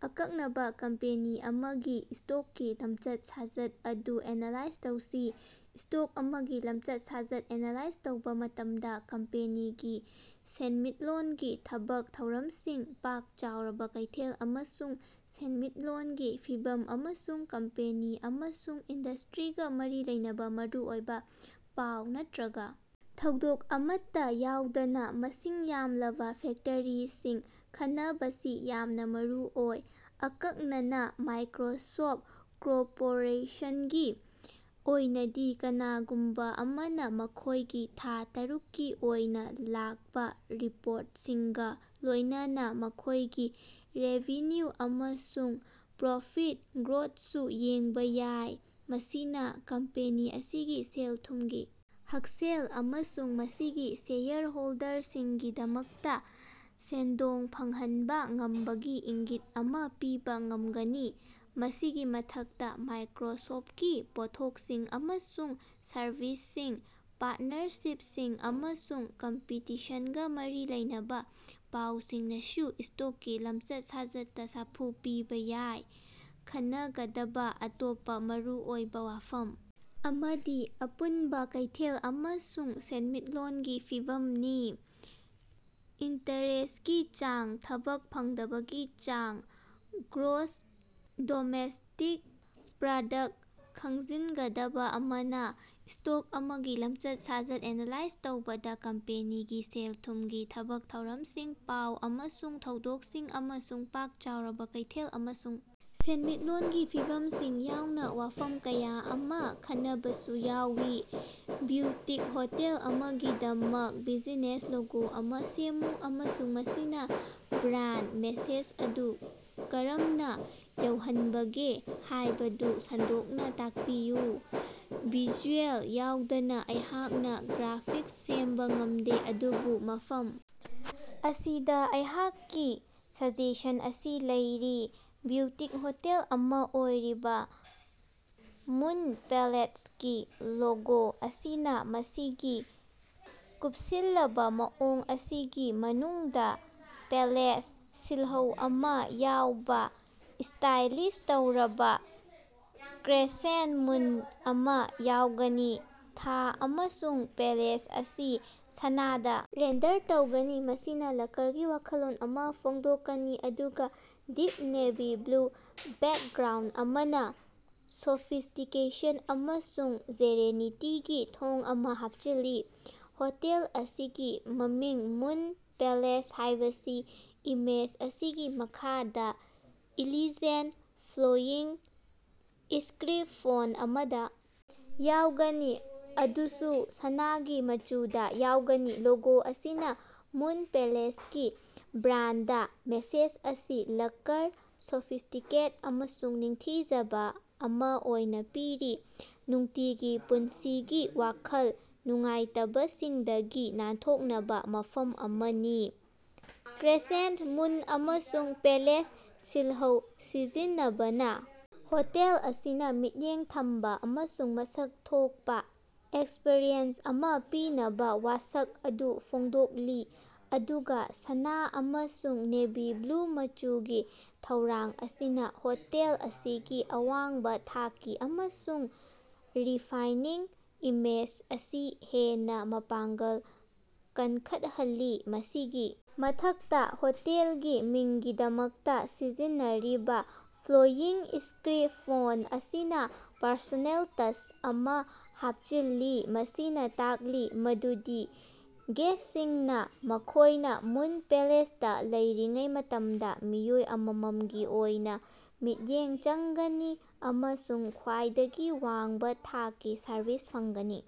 ꯑꯀꯛꯅꯕꯥ ꯀꯝꯄꯦꯅꯤ ꯑꯃꯒꯤ ꯁ꯭ꯇꯣꯛꯀꯤ ꯂꯝꯆꯠ-ꯁꯥꯖꯠ ꯑꯗꯨ ꯑꯦꯅꯥꯂꯥꯏꯖ ꯇꯧꯁꯤ꯫ ꯁ꯭ꯇꯣꯛ ꯑꯃꯒꯤ ꯂꯝꯆꯠ-ꯁꯥꯖꯠ ꯑꯦꯅꯥꯂꯥꯏꯖ ꯇꯧꯕꯥ ꯃꯇꯝꯗꯥ, ꯀꯝꯄꯦꯅꯤꯒꯤ ꯁꯦꯟꯃꯤꯠꯂꯣꯟꯒꯤ ꯊꯕꯛ ꯊꯧꯔꯝꯁꯤꯡ, ꯄꯥꯛ ꯆꯥꯎꯔꯕꯥ ꯀꯩꯊꯦꯜ ꯑꯃꯁꯨꯡ ꯁꯦꯟꯃꯤꯠꯂꯣꯟꯒꯤ ꯐꯤꯚꯝ ꯑꯃꯁꯨꯡ ꯀꯝꯄꯦꯅꯤ ꯑꯃꯁꯨꯡ ꯏꯟꯗꯁꯇ꯭ꯔꯤꯒꯥ ꯃꯔꯤ ꯂꯩꯅꯕꯥ ꯃꯔꯨꯑꯣꯏꯕꯥ ꯄꯥꯎ ꯅꯠꯇ꯭ꯔꯒꯥ ꯊꯧꯗꯣꯛ ꯑꯃꯠꯇꯥ ꯌꯥꯎꯗꯅꯥ ꯃꯁꯤꯡ ꯌꯥꯝꯂꯕꯥ ꯐꯦꯛꯇꯔꯁꯤꯡ ꯈꯟꯅꯕꯁꯤ ꯌꯥꯝꯅꯥ ꯃꯔꯨꯑꯣꯏ꯫ ꯑꯀꯛꯅꯅꯥ ꯃꯥꯏꯀ꯭ꯔꯣꯁꯣꯞ ꯀꯣꯔꯄꯣꯔꯦꯁꯟꯒꯤ ꯑꯣꯏꯅꯗꯤ, ꯀꯅꯥꯒꯨꯝꯕꯥ ꯑꯃꯅꯥ ꯃꯈꯣꯏꯒꯤ ꯊꯥ ꯇꯔꯨꯛꯀꯤ ꯑꯣꯏꯅꯥ ꯂꯥꯛꯄꯥ ꯔꯤꯄꯣꯔꯠꯁꯤꯡꯒꯥ ꯂꯣꯏꯅꯅꯥ ꯃꯈꯣꯏꯒꯤ ꯔꯦꯚꯤꯅ꯭ꯌꯨ ꯑꯃꯁꯨꯡ ꯄ꯭ꯔꯣꯐꯤꯠ ꯒ꯭ꯔꯣꯠꯁꯨ ꯌꯦꯡꯕꯥ ꯌꯥꯏ꯫ ꯃꯁꯤꯅꯥ ꯀꯝꯄꯦꯅꯤ ꯑꯁꯤꯒꯤ ꯁꯦꯜ-ꯊꯨꯝꯒꯤ ꯍꯛꯁꯦꯜ ꯑꯃꯁꯨꯡ ꯃꯁꯤꯒꯤ ꯁꯦꯌꯔ ꯍꯣꯜꯗꯔꯁꯤꯡꯒꯤꯗꯃꯛꯇꯥ ꯁꯦꯟꯗꯣꯡ ꯐꯪꯍꯟꯕꯥ ꯉꯝꯕꯒꯤ ꯏꯪꯒꯤꯠ ꯑꯃꯥ ꯄꯤꯕꯥ ꯉꯝꯒꯅꯤ꯫ ꯃꯁꯤꯒꯤ ꯃꯊꯛꯇꯥ, ꯃꯥꯏꯀ꯭ꯔꯣꯁꯣꯞꯀꯤ ꯄꯣꯠꯊꯣꯛꯁꯤꯡ ꯑꯃꯁꯨꯡ ꯁꯔꯚꯤꯁꯁꯤꯡ, ꯄꯥꯔꯠꯅꯔꯁꯤꯞꯁꯤꯡ ꯑꯃꯁꯨꯡ ꯀꯝꯄꯤꯇꯤꯁꯟꯒꯥ ꯃꯔꯤ ꯂꯩꯅꯕꯥ ꯄꯥꯎꯁꯤꯡꯅꯁꯨ ꯁ꯭ꯇꯣꯛꯀꯤ ꯂꯝꯆꯠ-ꯁꯥꯖꯠꯇꯥ ꯁꯥꯐꯨ ꯄꯤꯕꯥ ꯌꯥꯏ꯫ ꯈꯟꯅꯒꯗꯕꯥ ꯑꯇꯣꯞꯄꯥ ꯃꯔꯨꯑꯣꯏꯕꯥ ꯋꯥꯐꯝ ꯑꯃꯗꯤ ꯑꯄꯨꯟꯕꯥ ꯀꯩꯊꯦꯜ ꯑꯃꯁꯨꯡ ꯁꯦꯟꯃꯤꯠꯂꯣꯟꯒꯤ ꯐꯤꯚꯝꯅꯤ꯫ ꯏꯟꯇꯔꯦꯁꯀꯤ ꯆꯥꯡ, ꯊꯕꯛ ꯐꯪꯗꯕꯒꯤ ꯆꯥꯡ, ꯒ꯭ꯔꯣꯁ ꯗꯣꯃꯦꯁꯇꯤꯛ ꯄ꯭ꯔꯥꯗꯛ ꯈꯪꯖꯤꯟꯒꯗꯕꯥ ꯑꯃꯅꯥ, ꯁ꯭ꯇꯣꯛ ꯑꯃꯒꯤ ꯂꯝꯆꯠ-ꯁꯥꯖꯠ ꯑꯦꯅꯥꯂꯥꯏꯖ ꯇꯧꯕꯗꯥ ꯀꯝꯄꯦꯅꯤꯒꯤ ꯁꯦꯜ-ꯊꯨꯝꯒꯤ ꯊꯕꯛ ꯊꯧꯔꯝꯁꯤꯡ, ꯄꯥꯎ ꯑꯃꯁꯨꯡ ꯊꯧꯗꯣꯛꯁꯤꯡ ꯑꯃꯁꯨꯡ ꯄꯥꯛ ꯆꯥꯎꯔꯕꯥ ꯀꯩꯊꯦꯜ ꯑꯃꯁꯨꯡ ꯁꯦꯟꯃꯤꯠꯂꯣꯟꯒꯤ ꯐꯤꯚꯝꯁꯤꯡ ꯌꯥꯎꯅꯥ ꯋꯥꯐꯝ ꯀꯌꯥ ꯑꯃꯥ ꯈꯟꯅꯕꯁꯨ ꯌꯥꯎꯏ꯫ ꯕ꯭ꯌꯨꯇꯤꯛ ꯍꯣꯇꯦꯜ ꯑꯃꯒꯤꯗꯃꯛ ꯕꯤꯖꯤꯅꯦꯁ ꯂꯣꯒꯣ ꯑꯃꯥ ꯁꯦꯝꯃꯨ ꯑꯃꯁꯨꯡ ꯃꯁꯤꯅꯥ ꯕ꯭ꯔꯥꯟ ꯃꯦꯁꯦꯖ ꯑꯗꯨ ꯀꯔꯝꯅꯥ ꯌꯧꯍꯟꯕꯒꯦ ꯍꯥꯏꯕꯗꯨ ꯁꯟꯗꯣꯛꯅꯥ ꯇꯥꯛꯄꯤꯌꯨ꯫ ꯚꯤꯖꯨꯑꯦꯜ ꯌꯥꯎꯗꯅꯥ ꯑꯩꯍꯥꯛꯅꯥ ꯒ꯭ꯔꯥꯐꯤꯛꯁ ꯁꯦꯝꯕꯥ ꯉꯝꯗꯦ꯫ ꯑꯗꯨꯕꯨ ꯃꯐꯝ ꯑꯁꯤꯗꯥ ꯑꯩꯍꯥꯛꯀꯤ ꯁꯖꯦꯁꯟ ꯑꯁꯤ ꯂꯩꯔꯤ꯫ ꯕ꯭ꯌꯨꯇꯤꯛ ꯍꯣꯇꯦꯜ ꯑꯃꯥ ꯑꯣꯏꯔꯤꯕꯥ ꯃꯨꯟ ꯄꯦꯂꯦꯁꯀꯤ ꯂꯣꯒꯣ ꯑꯁꯤꯅꯥ ꯃꯁꯤꯒꯤ ꯀꯨꯞꯁꯤꯜꯂꯕꯥ ꯃꯑꯣꯡ ꯑꯁꯤꯒꯤ ꯃꯅꯨꯡꯗꯥ ꯄꯦꯂꯦꯁ ꯁꯤꯜꯍꯧ ꯑꯃꯥ ꯌꯥꯎꯕꯥ ꯁ꯭ꯇꯥꯏꯂꯥꯏꯖ ꯇꯧꯔꯕꯥ ꯀ꯭ꯔꯦꯁꯦꯟ ꯃꯨꯟ ꯑꯃꯥ ꯌꯥꯎꯒꯅꯤ꯫ ꯊꯥ ꯑꯃꯁꯨꯡ ꯄꯦꯂꯦꯁ ꯑꯁꯤ ꯁꯅꯥꯗꯥ ꯔꯦꯟꯗꯔ ꯇꯧꯒꯅꯤ, ꯃꯁꯤꯅꯥ ꯂꯛꯀꯔꯒꯤ ꯋꯥꯈꯜꯂꯣꯟ ꯑꯃꯥ ꯐꯣꯡꯗꯣꯛꯀꯅꯤ, ꯑꯗꯨꯒꯥ ꯗꯤꯞ ꯅꯦꯚꯤ ꯕ꯭ꯂꯨ ꯕꯦꯛꯒ꯭ꯔꯥꯎꯟ ꯑꯃꯅꯥ ꯁꯣꯐꯤꯁꯇꯤꯀꯦꯁꯟ ꯑꯃꯁꯨꯡ ꯁꯦꯔꯦꯅꯤꯇꯤꯒꯤ ꯊꯣꯡ ꯑꯃꯥ ꯍꯥꯞꯆꯤꯜꯂꯤ꯫ ꯍꯣꯇꯦꯜ ꯑꯁꯤꯒꯤ ꯃꯃꯤꯡ ꯃꯨꯟ ꯄꯦꯂꯦꯁ ꯍꯥꯏꯕꯁꯤ ꯏꯃꯦꯖ ꯑꯁꯤꯒꯤ ꯃꯈꯥꯗꯥ ꯏꯂꯤꯖꯦꯟ, ꯐ꯭ꯂꯣꯌꯤꯡ ꯏꯁꯀ꯭ꯔꯤꯞ ꯐꯣꯟ ꯑꯃꯗꯥ ꯌꯥꯎꯒꯅꯤ, ꯃꯗꯨꯁꯨ ꯁꯅꯥꯒꯤ ꯃꯆꯨꯗꯥ ꯌꯥꯎꯒꯅꯤ꯫ ꯂꯣꯒꯣ ꯑꯁꯤꯅꯥ ꯃꯨꯟ ꯄꯦꯂꯦꯁꯀꯤ ꯕ꯭ꯔꯥꯟꯗ ꯃꯦꯁꯦꯖ ꯑꯁꯤ ꯂꯛꯀꯔ, ꯁꯣꯐꯤꯁꯇꯤꯀꯦꯠ ꯑꯃꯁꯨꯡ ꯅꯤꯡꯊꯤꯖꯕ ꯑꯃꯥ ꯑꯣꯏꯅꯥ ꯄꯤꯔꯤ – ꯅꯨꯡꯇꯤꯒꯤ ꯄꯨꯟꯁꯤꯒꯤ ꯋꯥꯈꯜ ꯅꯨꯡꯉꯥꯏꯇꯕꯁꯤꯡꯗꯒꯤ ꯅꯥꯟꯊꯣꯛꯅꯕꯥ ꯃꯐꯝ ꯑꯃꯅꯤ꯫ ꯀ꯭ꯔꯦꯁꯦꯟꯇ ꯃꯨꯟ ꯑꯃꯁꯨꯡ ꯄꯦꯂꯦꯁ ꯁꯤꯜꯍꯧ ꯁꯤꯖꯤꯟꯅꯕꯅꯥ ꯍꯣꯇꯦꯜ ꯑꯁꯤꯅꯥ ꯃꯤꯠꯌꯦꯡ ꯊꯝꯕꯥ ꯑꯃꯁꯨꯡ ꯃꯁꯛ ꯊꯣꯛꯄꯥ ꯑꯦꯛꯁꯄ꯭ꯔꯤꯌꯦꯟꯁ ꯑꯃꯥ ꯄꯤꯅꯕꯥ ꯋꯥꯁꯛ ꯑꯗꯨ ꯐꯣꯡꯗꯣꯛꯂꯤ, ꯑꯗꯨꯒꯥ ꯁꯅꯥ ꯑꯃꯁꯨꯡ ꯅꯦꯚꯤ ꯕ꯭ꯂꯨ ꯃꯆꯨꯒꯤ ꯊꯧꯔꯥꯡ ꯑꯁꯤꯅꯥ ꯍꯣꯇꯦꯜ ꯑꯁꯤꯒꯤ ꯑꯋꯥꯡꯕꯥ ꯊꯥꯛꯀꯤ ꯑꯃꯁꯨꯡ ꯔꯤꯐꯥꯏꯅꯤꯡ ꯏꯃꯦꯖ ꯑꯁꯤ ꯍꯦꯟꯅꯥ ꯃꯄꯥꯡꯒꯜ ꯀꯟꯈꯠꯍꯜꯂꯤ꯫ ꯃꯁꯤꯒꯤ ꯃꯊꯛꯇꯥ, ꯍꯣꯇꯦꯜꯒꯤ ꯃꯤꯡꯒꯤꯗꯃꯛꯇꯥ ꯁꯤꯖꯤꯟꯅꯔꯤꯕꯥ ꯐ꯭ꯂꯣꯌꯤꯡ ꯏꯁꯀ꯭ꯔꯤꯞ ꯐꯣꯟ ꯑꯁꯤꯅꯥ ꯄꯔꯁꯣꯅꯦꯜ ꯇꯁ ꯑꯃꯥ ꯍꯥꯞꯆꯤꯜꯂꯤ, ꯃꯁꯤꯅꯥ ꯇꯥꯛꯂꯤ ꯃꯗꯨꯗꯤ ꯒꯦꯁꯁꯤꯡꯅꯥ ꯃꯈꯣꯏꯅꯥ ꯃꯨꯟ ꯄꯦꯂꯦꯁꯇꯥ ꯂꯩꯔꯤꯉꯩ ꯃꯇꯝꯗꯥ ꯃꯤꯑꯣꯏ ꯑꯃꯃꯝꯒꯤ ꯑꯣꯏꯅꯥ ꯃꯤꯠꯌꯦꯡ ꯆꯪꯒꯅꯤ ꯑꯃꯁꯨꯡ ꯈ꯭ꯋꯥꯏꯗꯒꯤ ꯋꯥꯡꯕꯥ ꯊꯥꯛꯀꯤ ꯁꯔꯚꯤꯁ ꯐꯪꯒꯅꯤ꯫